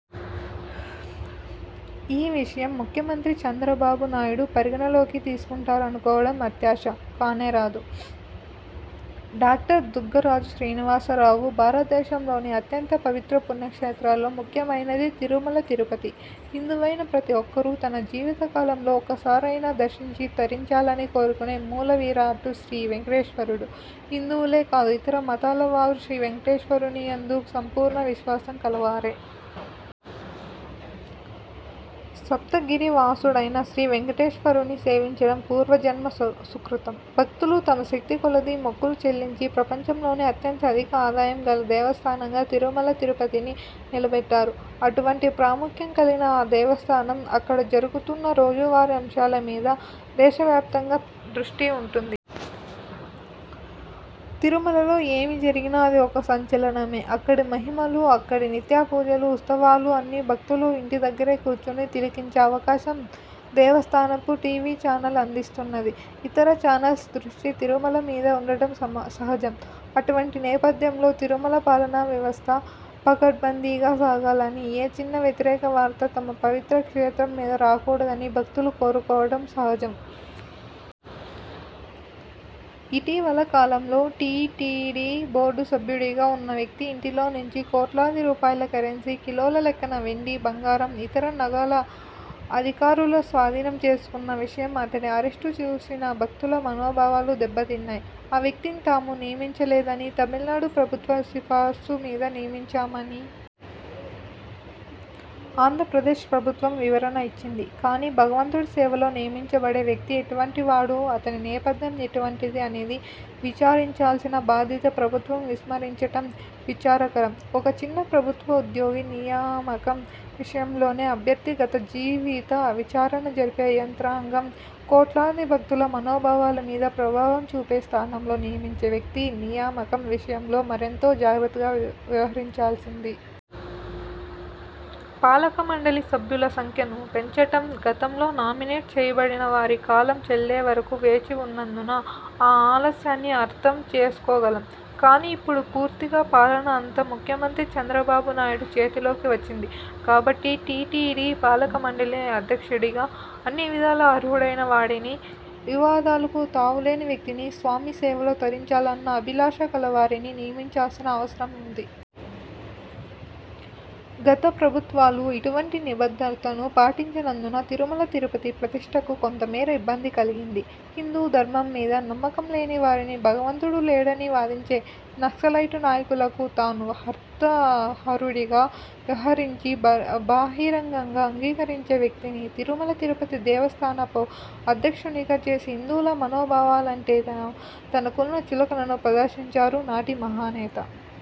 ఈ విషయం ముఖ్యమంత్రి చంద్రబాబు నాయుడు పరిగణనలోకి తీసుకుంటారనుకోవటం అత్యాశ కానేరదు. డాక్టర్ దుగ్గరాజు శ్రీనివాసరావు భారతదేశంలోని అత్యంత పవిత్ర పుణ్యక్షేత్రాలలో ముఖ్యమైనది తిరుమల– తిరుపతి. హిందువైన ప్రతి ఒక్కరూ తన జీవిత కాలంలో ఒక్కసారైనా దర్శించి, తరించాలని కోరుకునే మూలవిరాట్టు శ్రీ వేంకటేశ్వరుడు. హిందువులే కాదు ఇతర మతాలవారు శ్రీ వేంకటేశ్వరునియందు సంపూర్ణ విశ్వాసం కలవారే. సప్తగిరి వాసుడైన శ్రీ వేంకటేశ్వరుని సేవించటం పూర్వజన్మ సుకృతం. భక్తులు తమ శక్తి కొలది మొక్కులు చెల్లించి ప్రపంచంలోనే అత్యంత అధిక ఆదాయం గల దేవస్థానంగా తిరుమల తిరుపతిని నిలబెట్టారు. అటువంటి ప్రాముఖ్యం కలిగిన ఆ దేవస్థానం, అక్కడ జరుగుతున్న రోజువారీ అంశాల మీద దేశవ్యాప్తంగా దృష్టి వుంటుంది. తిరుమలలో ఏమి జరిగినా అది ఒక సంచలనమే. అక్కడి మహిమలు, అక్కడి నిత్య పూజలు, ఉత్సవాలు అన్నీ భక్తులు ఇంటిదగ్గరే కూర్చుని తిలకించే అవకాశం దేవస్థానపు టి. వి. ఛానల్ అందిస్తున్నది. ఇతర ఛానల్స్ దృష్టి తిరుమల మీద వుండటం సహజం. అటువంటి నేపథ్యంలో తిరుమల పాలనా వ్యవస్థ పకడ్బందీగా సాగాలని, ఏ చిన్న వ్యతిరేక వార్తా తమ పవిత్ర క్షేత్రం మీద రాకూడదని భక్తులు కోరుకోవటం సహజం. ఇటీవల కాలంలో టీటీడీ బోర్డు సభ్యుడిగా వున్న వ్యక్తి ఇంటిలో నుంచి కోట్లాది రూపాయల కరెన్సీ, కిలోల లెక్కన వెండి, బంగారం, ఇతర నగలు అధికారులు స్వాధీనం చేసుకున్న విషయం, అతడి అరెస్టు చూసిన భక్తుల మనోభావాలు దెబ్బతిన్నాయి. ఆ వ్యక్తిని తాము నియమించలేదని, తమిళనాడు ప్రభుత్వ సిఫార్సు మీద నియమించామని। ఆంధ్రప్రదేశ్ ప్రభుత్వం వివరణ ఇచ్చింది. కానీ భగవంతుడి సేవలో నియమించబడే వ్యక్తి ఎటువంటి వాడు, అతని నేపథ్యం ఎటువంటిది అనేది విచారించాల్సిన బాధ్యత ప్రభుత్వం విస్మరించటం విచారకరం. ఒక చిన్న ప్రభుత్వ ఉద్యోగి నియామకం విషయంలోనే అభ్యర్థి గత జీవిత విచారణ జరిపే యంత్రాంగం, కోట్లాది భక్తుల మనోభావాల మీద ప్రభావం చూపే స్థానంలో నియమించే వ్యక్తి నియామకం విషయంలో మరెంతో జాగ్రత్తగా వ్యవహరించాల్సింది. పాలకమండలి సభ్యుల సంఖ్యను పెంచటం, గతంలో నామినేట్ చెయ్యబడిన వారి కాలం చెల్లేవరకు వేచి వున్నందున ఆ ఆలస్యాన్ని అర్థం చేసుకోగలం. కానీ ఇప్పుడు పూర్తిగా పాలన అంతా ముఖ్యమంత్రి చంద్రబాబు నాయుడు చేతిలోకి వచ్చింది. కాబట్టి టీటీడీ పాలకమండలి అధ్యక్షుడిగా అన్నివిధాల అర్హుడైన వాడిని, వివాదాలకు తావులేని వ్యక్తిని, స్వామి సేవలో తరించాలన్న అభిలాష కలవారిని నియమించాల్సిన అవసరం ఉంది. గత ప్రభుత్వాలు ఇటువంటి నిబద్ధతను పాటించనందున తిరుమల తిరుపతి ప్రతిష్ఠకు కొంతమేర ఇబ్బంది కలిగింది. హిందూ ధర్మం మీద నమ్మకం లేనివారిని, భగవంతుడు లేడని వాదించే నక్సలైటు నాయకులకు తాను వార్తాహరుడిగా వ్యవహరించి బహిరంగంగా అంగీకరించే వ్యక్తిని తిరుమల తిరుపతి దేవస్థానపు అధ్యక్షునిగా చేసి హిందువుల మనోభావాలంటే తనకున్న చులకనను ప్రదర్శించారు నాటి 'మహానేత'.